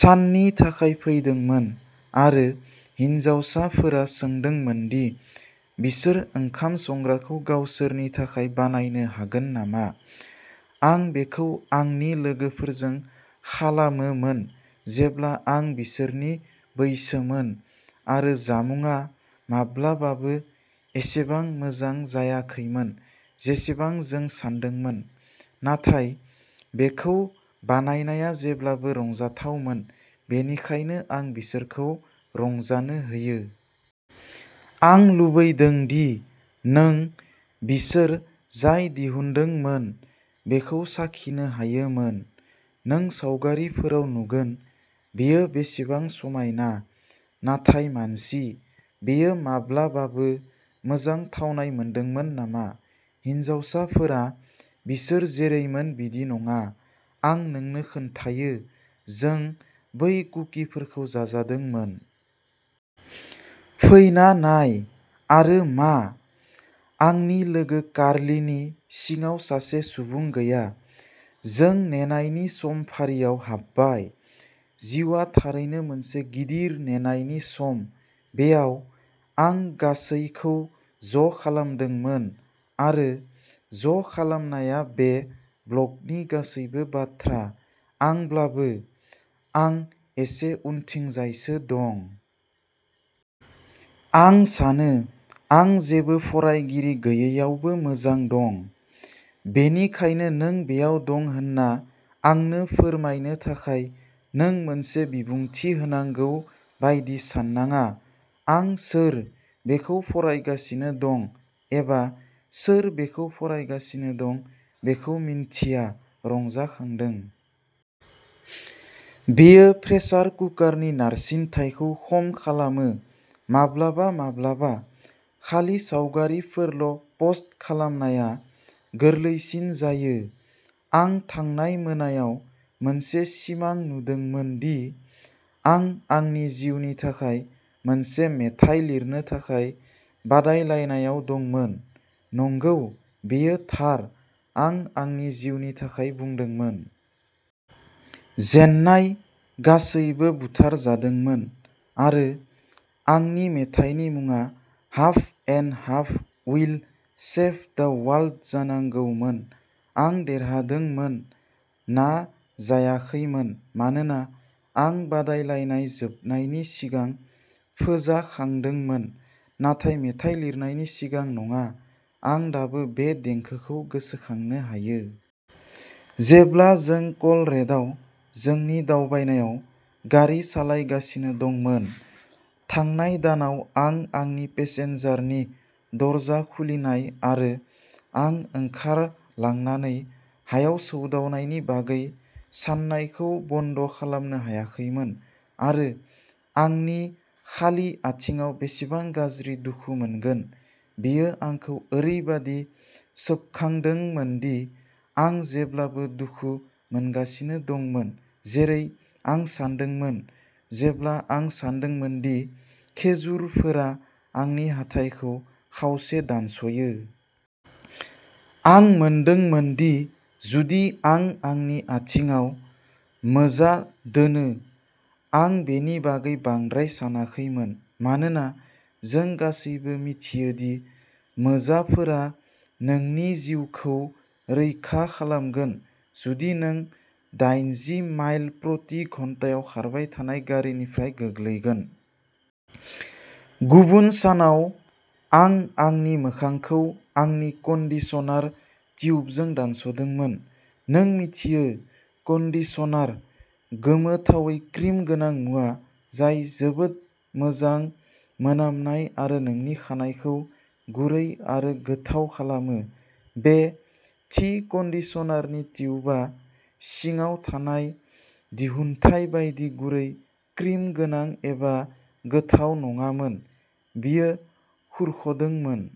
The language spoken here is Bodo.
साननि थाखाय फैदोंमोन आरो हिनजावसाफोरा सोंदोंमोन दि बिसोर ओंखाम संग्राखौ गावसोरनि थाखाय बानायनो हागोन नामा। आं बेखौ आंनि लोगोफोरजों खालामोमोन जेब्ला आं बिसोरनि बैसोमोन आरो जामुंआ माब्लाबाबो एसेबां मोजां जायाखैमोन जेसेबां जों सान्दोंमोन, नाथाय बेखौ बानायनाया जेब्लाबो रंजाथावमोन बेनिखायनो आं बिसोरखौ रंजानो होयो। आं लुबैदों दि नों बिसोर जाय दिहुनदोंमोन बेखौ साखिनो हायोमोन। नों सावगारिफोराव नुगोन बेयो बेसेबां समायना, नाथाय मानसि, बेयो माब्लाबाबो मोजां थावनाय मोनदोंमोन नामा! हिनजावसाफोरा बिसोर जेरैमोन बिदि नङा, आं नोंनो खोन्थायो। जों बै कुकिफोरखौ जाजादोंमोन। फैना नाय... आरो मा? आंनि लोगो कार्लिनि सिङाव सासे सुबुं गैया। जों नेनायनि समफारियाव हाबबाय। जिउआ थारैनो मोनसे गिदिर नेनायनि सम। बेयाव, आं गासैखौ ज'खालामदोंमोन। आरो ज'खालामनाया बे ब्लगनि गासैबो बाथ्रा, आंब्लाबो। आं एसे उनथिंजायसो दं। आं सानो आं जेबो फरायगिरि गैयैयावबो मोजां दं, बेनिखायनो नों बेयाव दं होनना आंनो फोरमायनो थाखाय नों मोनसे बिबुंथि होनांगौ बायदि साननाङा। आं सोर बेखौ फरायगासिनो दं एबा सोर बेखौ फरायगासिनो दं बेखौ मिन्थिया रंजाखांदों। बेयो प्रेसार कुकारनि नारसिनथायखौ खम खालामो। माब्लाबा माब्लाबा खालि सावगारिफोरल'पस्ट खालामनाया गोरलैसिन जायो। आं थांनाय मोनायाव मोनसे सिमां नुदोंमोन दि आं आंनि जिउनि थाखाय मोनसे मेथाइ लिरनो थाखाय बादायलायनायाव दंमोन। नंगौ, बेयो थार, आं आंनि जिउनि थाखाय बुंदोंमोन। जेन्नाय गासैबो बुथारजादोंमोन। आरो आंनि मेथाइनि मुङा "half and half will save the world" जानांगौमोन। आं देरहादोंमोन ना जायाखैमोन, मानोना आं बादायलायनाय जोबनायनि सिगां फोजाखांदोंमोन, नाथाय मेथाइ लिरनायनि सिगां नङा। आं दाबो बे देंखोखौ गोसोखांनो हायो। जेब्ला जों कलरेड'आव जोंनि दावबायनायाव गारि सालायगासिनो दंमोन। थांनाय दानाव, आं आंनि पेसेन्जारनि दरजा खुलिनाय आरो आं ओंखारलांनानै हायाव सौदावनायनि बागै सान्नायखौ बन्द'खालामनो हायाखैमोन आरो आंनि खालि आथिंआव बेसेबां गाज्रि दुखु मोनगोन। बेयो आंखौ ओरैबादि सोबखांदोंमोन दि आं जेब्लाबो दुखु मोनगासिनो दंमोन, जेरै आं सान्दोंमोन जेब्ला आं सान्दोंमोन दि खेजुरफोरा आंनि हाथाइखौ खावसे दानस'यो। आं मोनदोंमोन दि जुदि आं आंनि आथिंआव मोजा दोनो, आं बेनि बागै बांद्राय सानाखैमोन। मानोना जों गासैबो मिथियो दि मोजाफोरा नोंनि जिउखौ रैखा खालामगोन जुदि नों दाइनजि माइल प्रति घन्टायाव खारबाय थानाय गारिनिफ्राय गोग्लैगोन। गुबुन सानाव आं आंनि मोखांखौ आंनि कन्डिशनार टियुबजों दानस'दोंमोन। नों मिथियो... कन्डिशनार। गोमोथावै क्रिम गोनां मुवा जाय जोबोद मोजां मोनामनाय आरो नोंनि खानाइखौ गुरै आरो गोथाव खालामो। बे थि कन्डिशनारनि टियुबआ सिङाव थानाय दिहुनथाय बायदि गुरै, क्रिम गोनां एबा गोथाव नङामोन। बेयो खुरख'दोंमोन।